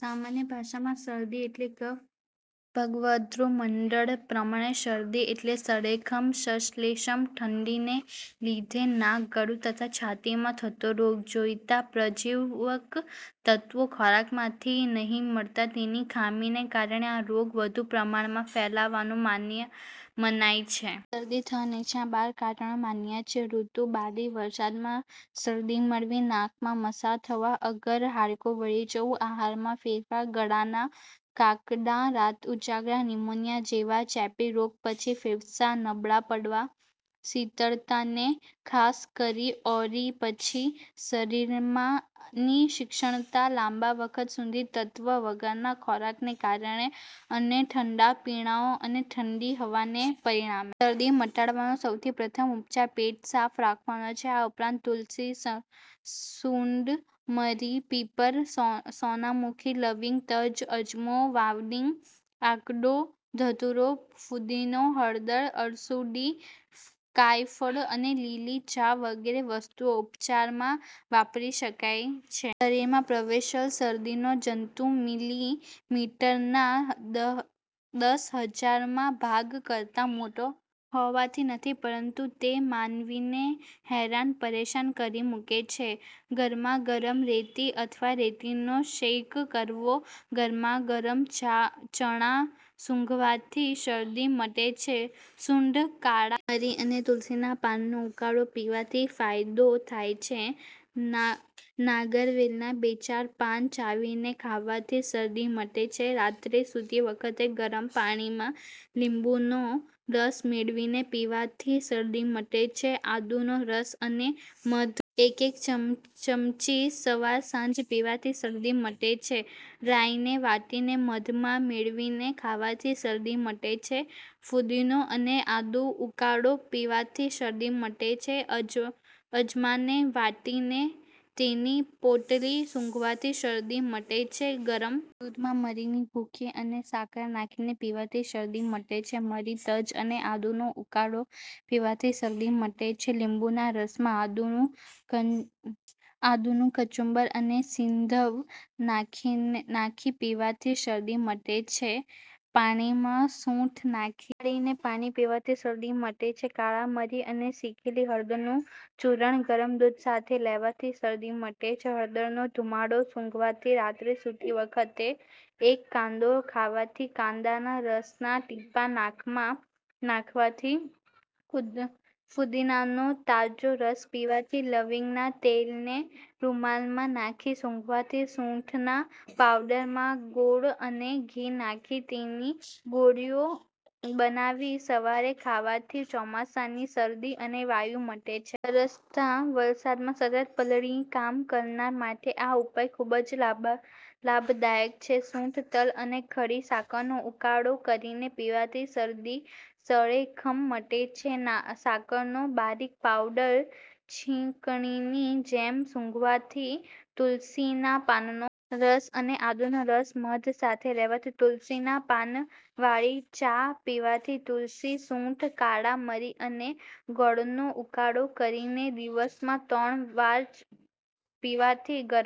સામાન્ય ભાષામાં શરદી એટલે કફ. ભગવદ્ગોમંડલ પ્રમાણે શરદી એટલે સળેખમ;…… શ્લેષ્મ; ઠંડીને લીધે નાક, ગળું તથા છાતીમાં થતો રોગ. જોઈતાં પ્રજીવક તત્ત્વો ખોરાકમાંથી નહિ મળતાં તેની ખામીને કારણે આ રોગ વધુ પ્રમાણમાં ફેલાવાનું મનાય છે. શરદી થવાના નીચેના બાર કારણો મનાય છે.: ઋતુ, બાદી, વારસામાં શરદી મળવી, નાકમાં મસા થવા અગર હાડકું વળી જવું, આહારમાં ફેરફાર, ગળાના કાકડા, રાતના ઉજાગરા, ન્યુમોનીઆ જેવા ચેપી રોગ પછી ફેફસાં નબળાં પડવાં, શીતળા ને ખાસ કરી ઓરી પછી, શરીરમાંની ક્ષીણતા, લાંબા વખત સુધી તત્ત્વ વગરના ખોરાકોને કારણે અને ઠંડા પીણાઓ અને ઠંડી હવાને પરિણામે. શરદી મટાડવાનો સૌથી પ્રથમ ઉપચાર પેટ સાફ રાખવાનો છે. આ ઉપરાંત તુલસી, સૂંઠ, મરી, પીપર, સોનામુખી, લવિંગ, તજ, અજમો, વાવડિંગ, આકડો, ધતૂરો, ફુદીનો, હળદર, અરડૂસી, કાયફળ અને લીલી ચા વગેરે વસ્તુઓ ઉપચારમાં વાપરી શકાય છે. શરીરમાં પ્રવેશલ શરદીનો જંતુ મિલિમિટરના દશહજારમાંં ભાગ કરતાં મોટો હોતો નથી પરંતુ તે માનવીને હેરાન પરેશાન કરી મુકે છે. ગરમાગરમ રેતી અથવા રેતીનો શેક કરવો ગરમાગરમ ચણા સુંઘવાથી શરદી મટે છે સૂંઠ, કાળાં મરી અને તુલસીનાં પાનનો ઉકાળો પીવાથી ફાયદો થાય છે નાગરવેલનાં બેચાર પાન ચાવીને ખાવાથી શરદી મટે છે રાત્રે સૂતી વખતે ગરમ પાણીમાં લીંબુનો રસ મેળવીને પીવાથી શરદી મટે છે આદુનો રસ અને મધ એક એક ચમચી સવારસાંજ પીવાથી શરદી મટે છે રાઈને વાટીને મધમાં મેળવીને ખાવાથી શરદી મટે છે ફુદીનો અને આદુનો ઉકાળો પીવાથી શરદી મટે છે અજમાને વાટી તેની પોટલી સૂંઘવાથી શરદી મટે છે ગરમ દૂધમાં મરીની ભૂકી અને સાકર નાખીને પીવાથી શરદી મટે છે મરી, તજ અને આદુનો ઉકાળો પીવાથી શરદી મટે છે લીંબુના રસમાં આદુનું કચુંબર અને સિંધવ નાખી પીવાથી શરદી મટે છે પાણીમાં સૂંઠ નાખી ઉકાળીને પાણી પીવાથી શરદી મટે છે કાળાંં મરી અને શેકેલી હળદરનું ચૂર્ણ ગરમ દૂધ સાથે લેવાથી શરદી મટે છે હળદરનો ધુમાડો સુંઘવાથી રાત્રે સૂતી વખતે એક કાંદો ખાવાથી કાંદાના રસનાં ટીપાં નાકમાં નાખવાથી ફુદીનાનો તાજો રસ પીવાથી લવિંગના તેલને રૂમાલમાં નાખી સુંઘવાથી સૂંઠના પાવડરમાં ગોળ અને ઘી નાખી તેની ગોળીઓ બનાવી સવારે ખાવાથી ચોમાસાની શરદી અને વાયુ મટે છે. વરસતા વરસાદમાં સતત પલળી કામ કરનાર માટે આ ઉપાય ખૂબ જ લાભદાયક છે. સૂંઠ, તલ અને ખડી સાકારનો ઉકાળો કરીને પીવાથી શરદી, સળેખમ મટે છે સાકરનો બારીક પાવડર છીંકણીની જેમ સુંઘવાથી તુલસીના પાનનો રસ અને આદુનો રસ મધ સાથે લેવાથી તુલસીના પાનવાળી ચા પીવાથી તુલસી, સૂંઠ, કાળાં મરી અને ગોળનો ઉકાળો કરીને દિવસમાં ત્રણ ચાર વાર પીવાથી ગરમ